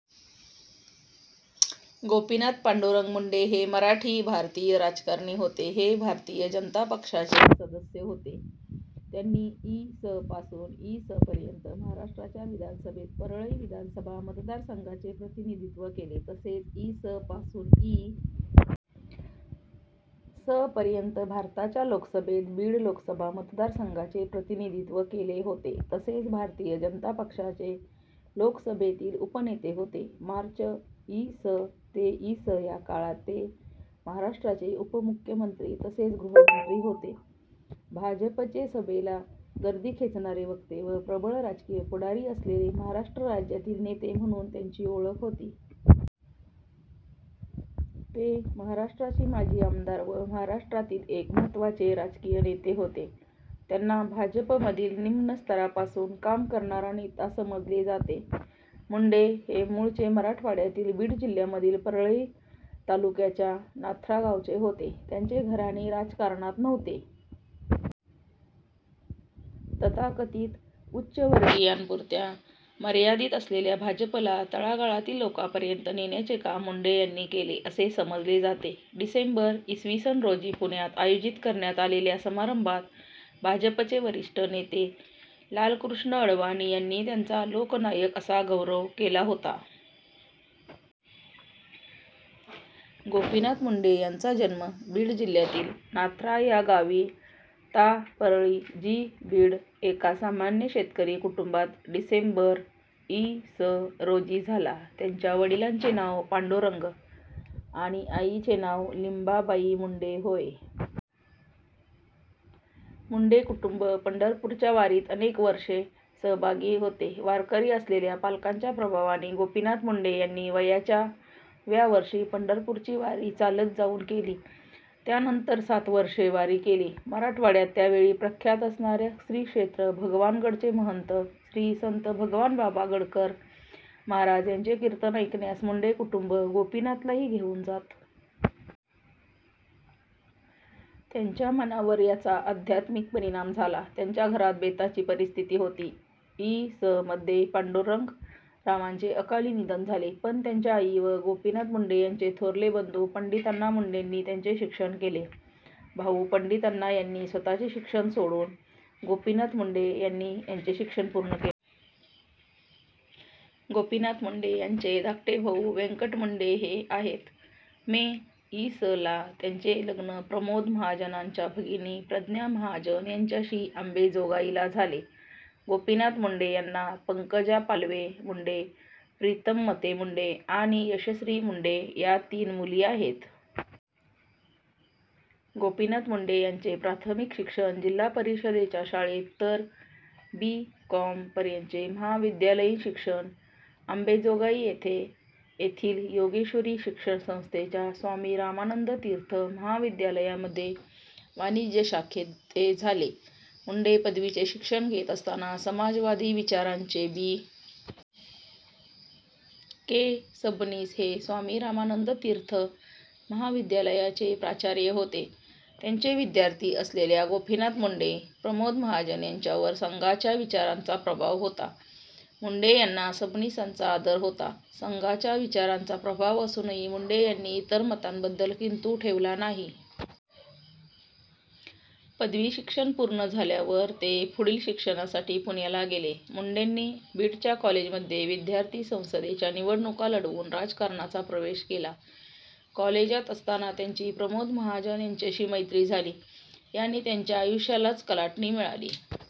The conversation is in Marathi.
गोपीनाथ पांडुरंग मुंडे हे मराठी, भारतीय राजकारणी होते. ते भारतीय जनता पक्षाचे सदस्य होते. त्यांनी इ. स. पासून इ. स. पर्यंत महाराष्ट्राच्या विधानसभेत परळी विधानसभा मतदारसंघाचे प्रतिनिधित्व केले तसेच इ. स. पासून इ. स. पर्यंत भारताच्या लोकसभेत बीड लोकसभा मतदारसंघाचे प्रतिनिधित्व केले होते. तसेच भारतीय जनता पक्षाचे लोकसभेतील उपनेते होते. मार्च इ. स. ते इ. स. या काळात ते महाराष्ट्राचे उपमुख्यमंत्री तसेच गृहमंत्री होते. भाजपचे सभेला गर्दी खेचणारे वक्ते व प्रबळ राजकीय पुढारी असलेले महाराष्ट्र राज्यातील नेते म्हणून त्यांची ओळख होतीे. ते महाराष्ट्राचे माजी आमदार व महाराष्ट्रातील एक महत्त्वाचे राजकीय नेते होते. त्यांना भाजपमधील निम्न स्तरापासून काम करणारा नेता समजले जाते. मुंडे हे मूळचे मराठवाड्यातील बीड जिल्ह्यामधील परळी तालुक्याच्या नाथ्रा गावचे होते. त्यांचे घराणे राजकारणात नव्हते. तथाकथित उच्चवर्गीयांपुरत्या मर्यादित असलेल्या भाजपला तळागाळातील लोकांपर्यंत नेण्याचे काम मुंडे यांनी केले, असे समजले जाते. डिसेंबर, इ. स. रोजी पुण्यात आयोजित करण्यात आलेल्या समारंभात भाजपचे वरिष्ठ नेते लालकृष्ण अडवाणी यांनी त्यांचा लोकनायक असा गौरव केला होता. गोपीनाथ मुंडे यांचा जन्म बीड जिल्ह्यातील नाथ्रा या गावी ता. परळी, जि. बीड एका सामान्य शेतकरी कुटुंबात डिसेंबर, इ. स. रोजी झाला. त्यांच्या वडिलांचे नाव पांडुरंग आणि आईचे नाव लिंबाबाई मुंडे होय. मुंडे कुटुंब पंढरपूरच्या वारीत अनेक वर्षे सहभागी होते. वारकरी असलेल्या पालकांच्याप्रभावाने गोपीनाथ मुंडे यांनी वयाच्या व्या वर्षी पंढरपूरची वारी चालत जाऊन केली. त्यानंतर सात वर्षे वारी केली. मराठवाड्यात त्या वेळी प्रख्यात असणाऱ्या श्रीक्षेत्र भगवानगडचे महंत श्री संत भगवानबाबा गडकर महाराज यांचे कीर्तन ऐकण्यास मुंडे कुटुंब गोपीनाथलाही घेऊन जात. त्यांच्या मनावर याचा आध्यात्मिक परिणाम झाला. त्यांच्या घरात बेताची परिस्थिती होती. इ. स. मध्ये पांडुरंगरावांचे अकाली निधन झाले, पण त्यांच्या आई व गोपीनाथ मुंडे यांचे थोरले बंधू पंडितअण्णा मुंडेनी त्यांचे शिक्षण केले. भाऊ पंडितअण्णा यांनी स्वतःचे शिक्षण सोडून गोपीनाथ मुंडे यांनी यांचे शिक्षण पूर्ण केले. गोपीनाथ मुंडे यांचे धाकटे भाऊ व्यंकट मुंडे हे आहेत. मे, इ. स. ला त्यांचे लग्न प्रमोद महाजनांच्या भगिनी प्रज्ञा महाजन यांच्याशी आंबेजोगाईला झाले. गोपीनाथ मुंडे यांना पंकजा पालवे -मुंडे, प्रीतम मते-मुंडे आणि यशश्री मुंडे या तीन मुली आहेत. गोपीनाथ मुंडे यांचे प्राथमिक शिक्षण जिल्हापरिषदेच्या शाळेत तर बी. कॉम. पर्यंतचे महाविद्यालयीन शिक्षण आंबेजोगाई येथे येथील योगेश्वरी शिक्षण संस्थेच्या स्वामी रामानंद तीर्थ महाविद्यालयामध्ये वाणिज्य शाखेते झाले. मुंडे पदवीचे शिक्षण घेत असताना समाजवादी विचारांचे बी. के. सबनीस हे स्वामी रामानंद तीर्थ महाविद्यालयाचे प्राचार्य होते. त्यांचे विद्यार्थी असलेल्या गोपीनाथ मुंडे, प्रमोद महाजन यांच्यावर संघाच्या विचारांचा प्रभाव होता. मुंडे यांना सबनीसांचा आदर होता. संघाच्या विचारांचा प्रभाव असूनही मुंडे यांनी इतर मतांबद्दल किंतु ठेवला नाही. पदवीशिक्षण पूर्ण झाल्यावर ते पुढील शिक्षणासाठी पुण्याला गेले. मुंडेंनी बीडच्या कॉलेजमध्ये विद्यार्थी संसदेच्या निवडणुका लढवून राजकारणाचा प्रवेश केला. कॉलेजात असतांना त्यांची प्रमोद महाजन यांच्याशी मैत्री झाली. याने त्यांच्या आयुष्यालाच कलाटणी मिळाली.